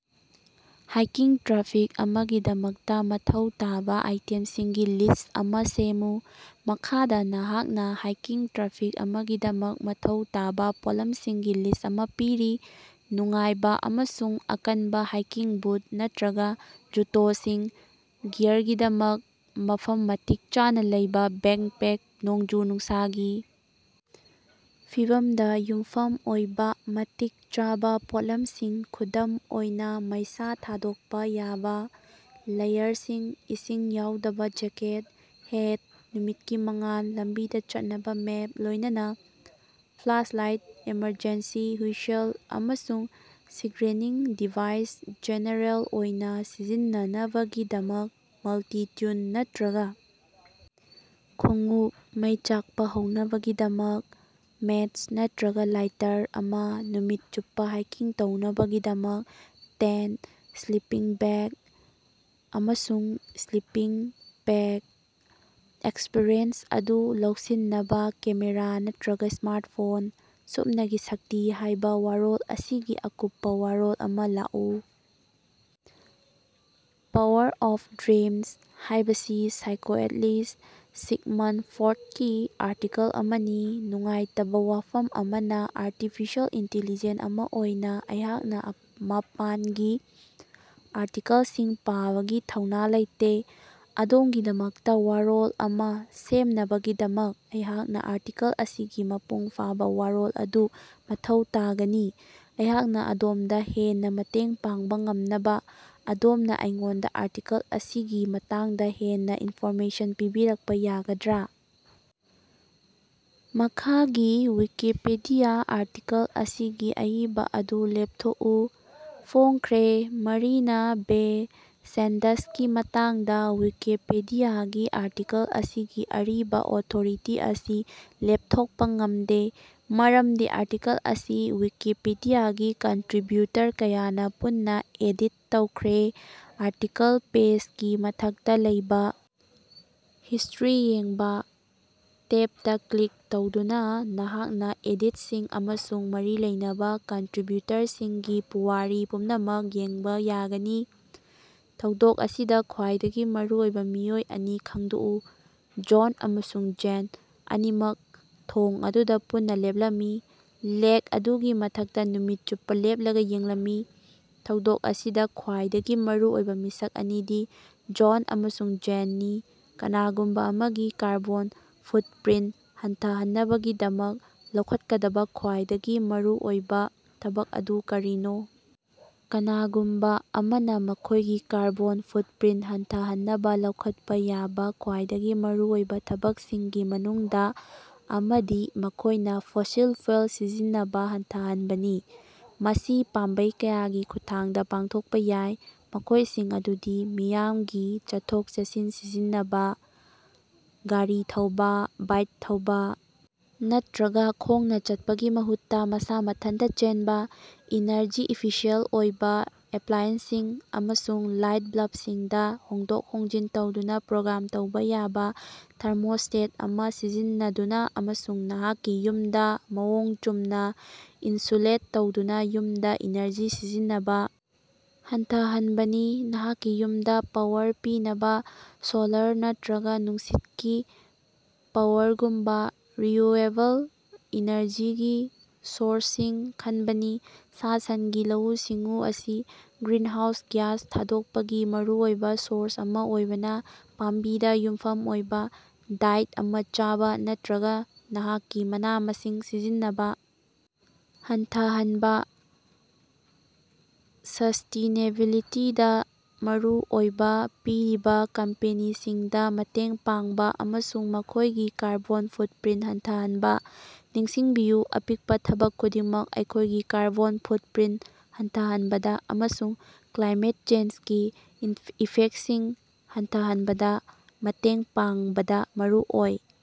ꯍꯥꯏꯀꯤꯡ traffic ꯑꯃꯒꯤꯗꯃꯛꯇ ꯃꯊꯧ ꯇꯥꯕ ꯑꯥꯏꯇꯦꯝꯁꯤꯡꯒꯤ ꯂꯤꯁ꯭ꯠ ꯑꯃ ꯁꯦꯝꯃꯨ꯫ ꯃꯈꯥꯗ ꯅꯍꯥꯛꯅ ꯍꯥꯏꯀꯤꯡ ꯇ꯭ꯔꯥꯐꯤꯛ ꯑꯃꯒꯤꯗꯃꯛ ꯃꯊꯧ ꯇꯥꯕ ꯄꯣꯠꯂꯝꯁꯤꯡꯒꯤ ꯂꯤꯁ꯭ꯠ ꯑꯃ ꯄꯤꯔꯤ꯫ꯅꯨꯡꯉꯥꯏꯕ ꯑꯃꯁꯨꯡ ꯑꯀꯟꯕ ꯍꯥꯏꯀꯤꯡ ꯕꯨꯠ ꯅꯠꯇꯔꯒ ꯖꯨꯇꯣꯁꯤꯡ ꯒꯤꯌꯥꯔꯒꯤꯗꯃꯛꯇ ꯃꯐꯝ ꯃꯇꯤꯛ ꯆꯥꯅ ꯂꯩꯕ ꯕꯦꯛꯄꯦꯛ ꯅꯣꯡꯖꯨ-ꯅꯨꯡꯁꯥꯒꯤ ꯐꯤꯚꯝꯗ ꯌꯨꯝꯐꯝ ꯑꯣꯏꯕ ꯃꯇꯤꯛ ꯆꯥꯕ ꯄꯣꯠꯂꯝꯁꯤꯡ ꯈꯨꯗꯝ ꯑꯣꯏꯅ ꯃꯩꯁꯥ ꯊꯥꯗꯣꯛꯄ ꯌꯥꯕ ꯂꯦꯌꯔꯁꯤꯡ, ꯏꯁꯤꯡ ꯌꯥꯎꯗꯕ ꯖꯦꯀꯦꯠ, ꯍꯦꯠ, ꯅꯨꯃꯤꯠꯀꯤ ꯃꯉꯥꯜ ꯂꯝꯕꯤꯗ ꯆꯠꯅꯕ ꯃꯦꯞ ꯂꯣꯏꯅꯅ ꯐ꯭ꯂꯥꯁꯂꯥꯏꯠ ꯏꯃꯔꯖꯦꯟꯁꯤ ꯍꯨꯏꯁꯜ ꯑꯃꯁꯨꯡ ꯁꯤꯒꯅꯦꯂꯤꯡ ꯗꯤꯚꯥꯏꯁ ꯖꯦꯅꯦꯔꯦꯜ ꯑꯣꯏꯅ ꯁꯤꯖꯤꯟꯅꯅꯕꯒꯤꯗꯃꯛ ꯃꯜꯇꯤ-ꯇꯨꯜ ꯅꯠꯇꯔꯒ ꯈꯣꯡꯎꯞ ꯃꯩ ꯆꯥꯛꯄ ꯍꯧꯅꯕꯒꯤꯗꯃꯛ ꯃꯦꯆ ꯅꯠꯇꯔꯒ ꯂꯥꯏꯇꯔ ꯑꯃ ꯅꯨꯃꯤꯠ ꯆꯨꯞꯄ ꯍꯥꯏꯀꯤꯡ ꯇꯧꯅꯕꯒꯤꯗꯃꯛ ꯇꯦꯟꯇ, ꯁ꯭ꯂꯤꯄꯤꯡ ꯕꯦꯒ ꯑꯃꯁꯨꯡ ꯁ꯭ꯂꯤꯄꯤꯡ ꯄꯦꯗ ꯑꯦꯛꯁꯄꯤꯔꯤꯑꯦꯟꯁ ꯑꯗꯨ ꯂꯧꯁꯤꯟꯅꯕ ꯀꯦꯃꯦꯔ ꯅꯠꯇꯔꯒ ꯁ꯭ꯃꯥꯔꯇꯐꯣꯟ꯫ ꯁꯨꯞꯅꯒꯤ ꯁꯛꯇꯤ ꯍꯥꯏꯕ ꯋꯥꯔꯣꯜ ꯑꯁꯤꯒꯤ ꯑꯀꯨꯞꯄ ꯋꯥꯔꯣꯜ ꯑꯃ ꯂꯥꯛꯎ꯫ ꯄꯥꯋꯔ ꯑꯣꯐ ꯗ꯭ꯔꯤꯃꯁ ꯍꯥꯏꯕꯁꯤ ꯁꯥꯏꯀꯣꯑꯦꯅꯂꯤꯁ꯭ꯠ, ꯁꯤꯒꯃꯟꯗ ꯐ꯭ꯔꯣꯗꯀꯤ ꯑꯥꯔꯇꯤꯀꯜ ꯑꯃꯅꯤ꯫ ꯅꯨꯡꯉꯥꯏꯇꯕꯥ ꯋꯥꯐꯝ ꯑꯃꯅ ꯑꯔꯇꯤꯐꯤꯁꯦꯜ ꯏꯟꯇꯤꯂꯤꯖꯦꯟ ꯑꯃ ꯑꯣꯏꯅ ꯑꯩꯍꯥꯛꯅ ꯃꯄꯥꯟꯒꯤ ꯑꯥꯔꯇꯤꯀꯜꯁꯤꯡ ꯄꯥꯕꯒꯤ ꯊꯧꯅ ꯂꯩꯇꯦ꯫ ꯑꯗꯣꯝꯒꯤꯗꯃꯛꯇ ꯋꯥꯔꯣꯜ ꯑꯃ ꯁꯦꯝꯅꯕꯒꯤꯗꯃꯛ ꯑꯩꯍꯥꯛꯅ ꯑꯥꯔꯇꯤꯀꯜ ꯑꯁꯤꯒꯤ ꯃꯄꯨꯡ ꯐꯥꯕ ꯋꯥꯔꯣꯜ ꯑꯗꯨ ꯃꯊꯧ ꯇꯥꯒꯅꯤ꯫ ꯑꯩꯍꯥꯛꯅ ꯑꯗꯣꯝꯗ ꯍꯦꯟꯅ ꯃꯇꯦꯡ ꯄꯥꯡꯕ ꯉꯝꯅꯕꯥ ꯑꯗꯣꯝꯅ ꯑꯩꯉꯣꯟꯗ ꯑꯥꯔꯇꯤꯀꯜ ꯑꯁꯤꯒꯤ ꯃꯇꯥꯡꯗ ꯍꯦꯟꯅ ꯏꯟꯐꯣꯔꯃꯦꯁꯟ ꯄꯤꯕꯤꯔꯛꯄ ꯌꯥꯒꯗ꯭ꯔꯥ? ꯃꯈꯥꯒꯤ ꯋꯤꯀꯤꯄꯤꯗꯤꯌꯥ ꯑꯥꯔꯇꯤꯀꯜ ꯑꯁꯤꯒꯤ ꯑꯏꯕ ꯑꯗꯨ ꯂꯦꯞꯊꯣꯛꯎ꯫ ꯐꯣꯡꯈ꯭ꯔꯦ ꯃꯔꯤꯅꯥ ꯕꯦ ꯁꯦꯟꯗꯁꯀꯤ ꯃꯇꯥꯡꯗ ꯋꯤꯀꯤꯄꯤꯗꯤꯌꯥꯒꯤ ꯑꯥꯔꯇꯤꯀꯜ ꯑꯁꯤꯒꯤ ꯑꯔꯤꯕ ꯑꯣꯊꯣꯔꯤꯇꯤ ꯑꯁꯤ ꯂꯦꯞꯊꯣꯛꯄ ꯉꯝꯗꯦ, ꯃꯔꯝꯗꯤ ꯑꯥꯔꯇꯤꯀꯜ ꯑꯁꯤ ꯋꯤꯀꯤꯄꯤꯗꯤꯌꯥꯒꯤ ꯀꯟꯇꯔꯤꯕ꯭ꯌꯨꯇꯔ ꯀꯌꯥꯅꯥ ꯄꯨꯟꯅꯥ ꯑꯦꯗꯤꯠ ꯇꯧꯈ꯭ꯔꯦ꯫ ꯑꯥꯔꯇꯤꯀꯜ ꯄꯦꯖꯒꯤ ꯃꯊꯛꯇꯥ ꯂꯩꯕꯥ "ꯍꯤꯁ꯭ꯇꯔꯤ ꯌꯦꯡꯕꯥ" ꯇꯦꯕꯇꯥ ꯀ꯭ꯂꯤꯛ ꯇꯧꯗꯨꯅ ꯅꯍꯥꯛꯅ ꯑꯦꯗꯤꯠꯁꯤꯡ ꯑꯃꯁꯨꯡ ꯃꯔꯤ ꯂꯩꯅꯕ ꯀꯟꯇꯔꯤꯕ꯭ꯌꯨꯇꯔꯁꯤꯡꯒꯤ ꯄꯨꯋꯥꯔꯤ ꯄꯨꯝꯅꯃꯛ ꯌꯦꯡꯕꯥ ꯌꯥꯒꯅꯤ꯫ ꯊꯧꯗꯣꯛ ꯑꯁꯤꯗ ꯈ꯭ꯋꯥꯏꯗꯒꯤ ꯃꯔꯨꯑꯣꯏꯕ ꯃꯤꯑꯣꯏ ꯑꯅꯤ ꯈꯪꯗꯣꯛꯎ꯫ ꯖꯣꯟ ꯑꯃꯁꯨꯡ ꯖꯦꯟ ꯑꯅꯤꯃꯛ ꯊꯣꯡ ꯑꯗꯨꯗ ꯄꯨꯟꯅ ꯂꯦꯞꯂꯝꯃꯤ, ꯂꯦꯛ ꯑꯗꯨꯒꯤ ꯃꯊꯛꯇ ꯅꯨꯃꯤꯠ ꯆꯨꯞꯄ ꯂꯦꯞꯂꯒ ꯌꯦꯡꯂꯝꯃꯤ꯫ ꯊꯧꯗꯣꯛ ꯑꯁꯤꯗ ꯈ꯭ꯋꯥꯏꯗꯒꯤ ꯃꯔꯨ ꯑꯣꯏꯕ ꯃꯤꯁꯛ ꯑꯅꯤꯗꯤ ꯖꯣꯟꯁ ꯑꯃꯁꯨꯡ ꯖꯦꯅꯅꯤ꯫ ꯀꯅꯥꯒꯨꯝꯕ ꯑꯃꯒꯤ ꯀꯥꯔꯕꯣꯟ ꯐꯨꯠꯞꯔꯤꯟꯇ ꯍꯟꯊꯍꯟꯅꯕꯒꯤꯗꯃꯛ ꯂꯧꯈꯠꯀꯗꯕ ꯈ꯭ꯌꯥꯏꯗꯒꯤ ꯃꯔꯨꯑꯣꯏꯕ ꯊꯕꯛ ꯑꯗꯨ ꯀꯔꯤꯅꯣ? ꯀꯅꯥꯒꯨꯝꯕ ꯑꯃꯅ ꯃꯈꯣꯏꯒꯤ ꯀꯥꯔꯕꯣꯟ ꯐꯨꯠꯞꯔꯤꯟꯇ ꯍꯟꯊꯍꯟꯅꯕ ꯂꯧꯈꯠꯄ ꯌꯥꯕ ꯈ꯭ꯋꯥꯏꯗꯒꯤ ꯃꯔꯨꯑꯣꯏꯕ ꯊꯕꯛꯁꯤꯡꯒꯤ ꯃꯅꯨꯡꯗ ꯑꯃꯗꯤ ꯃꯈꯣꯏꯅ ꯐꯣꯁꯤꯜ ꯐ꯭ꯌꯨꯑꯦꯜ ꯁꯤꯖꯤꯟꯅꯕ ꯍꯟꯊꯍꯟꯕꯅꯤ꯫ ꯃꯁꯤ ꯄꯥꯝꯕꯩ ꯀꯌꯥꯒꯤ ꯈꯨꯠꯊꯥꯡꯗ ꯄꯥꯡꯊꯣꯛꯄ ꯌꯥꯏ, ꯃꯈꯣꯏꯁꯤꯡ ꯑꯗꯨꯗꯤ: ꯃꯤꯌꯥꯝꯒꯤ ꯆꯠꯊꯣꯛ-ꯆꯠꯁꯤꯟ ꯁꯤꯖꯤꯟꯅꯕꯥ, ꯒꯥꯔꯤ ꯊꯧꯕ, ꯕꯥꯏꯛ ꯊꯧꯕ, ꯅꯠꯇꯔꯒ ꯈꯣꯡꯅ ꯆꯠꯄꯒꯤ ꯃꯍꯨꯠꯇ ꯃꯁꯥ ꯃꯊꯟꯇ ꯆꯦꯟꯕꯥ꯫ ꯏꯅꯔꯖꯤ ꯏꯐꯤꯁꯤꯌꯦꯟꯇ ꯑꯣꯏꯕ ꯑꯦꯞꯂꯥꯏꯑꯦꯟꯁꯁꯤꯡ ꯑꯃꯁꯨꯡ ꯂꯥꯏꯠ ꯕꯜꯕꯁꯤꯡꯗ ꯍꯣꯡꯗꯣꯛ ꯍꯣꯡꯖꯤꯟ ꯇꯧꯗꯨꯅ ꯄ꯭ꯔꯣꯒ꯭ꯔꯥꯝ ꯇꯧꯕ ꯌꯥꯕ ꯊꯥꯔꯃꯣꯁ꯭ꯇꯦꯠ ꯑꯃ ꯁꯤꯖꯤꯟꯅꯗꯨꯅ ꯑꯃꯁꯨꯡ ꯅꯍꯥꯛꯀꯤ ꯌꯨꯝꯗ ꯃꯑꯣꯡ ꯆꯨꯝꯅ ꯏꯅꯁꯨꯂꯦꯠ ꯇꯧꯗꯨꯅ ꯌꯨꯝꯗ ꯏꯅꯔꯖꯤ ꯁꯤꯖꯤꯟꯅꯕ ꯍꯟꯊꯍꯟꯕꯅꯤ꯫ ꯅꯍꯥꯛꯀꯤ ꯌꯨꯝꯗ ꯄꯥꯋꯔ ꯄꯤꯅꯕ ꯁꯣꯂꯥꯔ ꯅꯠꯇꯔꯒ ꯅꯨꯡꯁꯤꯠꯀꯤ ꯄꯥꯋꯔꯒꯨꯝꯕ ꯔꯤꯟꯌꯨꯑꯦꯕꯜ ꯏꯅꯔꯖꯤꯒꯤ ꯁꯣꯔꯁꯁꯤꯡ ꯈꯟꯕꯅꯤ꯫ ꯁꯥ-ꯁꯟꯒꯤ ꯂꯧꯎ-ꯁꯤꯡꯎ ꯑꯁꯤ ꯒ꯭ꯔꯤꯅꯍꯥꯎꯁ ꯒ꯭ꯌꯥꯁ ꯊꯥꯗꯣꯛꯄꯒꯤ ꯃꯔꯨꯑꯣꯏꯕ ꯁꯣꯔꯁ ꯑꯃ ꯑꯣꯏꯕꯅ ꯄꯥꯝꯕꯤꯗ ꯌꯨꯝꯐꯝ ꯑꯣꯏꯕ ꯗꯥꯏꯠ ꯑꯃ ꯆꯥꯕ ꯅꯠꯇꯔꯒ ꯅꯍꯥꯛꯀꯤ ꯃꯅꯥ-ꯃꯁꯤꯡ ꯁꯤꯖꯤꯟꯅꯕ ꯍꯟꯊꯍꯟꯕꯥ꯫ ꯁꯁ꯭ꯇꯦꯅꯦꯕꯤꯂꯤꯇꯤꯗꯥ ꯃꯔꯨ ꯑꯣꯏꯕ ꯄꯤꯔꯤꯕ ꯀꯝꯄꯦꯅꯤꯁꯤꯡꯗ ꯃꯇꯦꯡ ꯄꯥꯡꯕ ꯑꯃꯁꯨꯡ ꯃꯈꯣꯏꯒꯤ ꯀꯥꯔꯕꯣꯟ ꯐꯨꯠꯄꯔꯤꯟꯇ ꯍꯟꯊꯍꯟꯕ꯫ ꯅꯤꯡꯁꯤꯡꯕꯤꯌꯨ ꯑꯄꯤꯛꯄ ꯊꯕꯛ ꯈꯨꯗꯤꯡꯃꯛ ꯑꯩꯈꯣꯏꯒꯤ ꯀꯥꯔꯕꯣꯟ ꯐꯨꯠꯄꯔꯤꯟꯇ ꯍꯟꯊꯍꯟꯕꯗ ꯑꯃꯁꯨꯡ ꯀ꯭ꯂꯥꯏꯃꯦꯠ ꯆꯦꯟꯖꯒꯤ ꯏꯐꯦꯛꯇꯁꯤꯡ ꯍꯟꯊꯍꯟꯕꯗ ꯃꯇꯦꯡ ꯄꯥꯡꯕꯗ ꯃꯔꯨ ꯑꯣꯏ꯫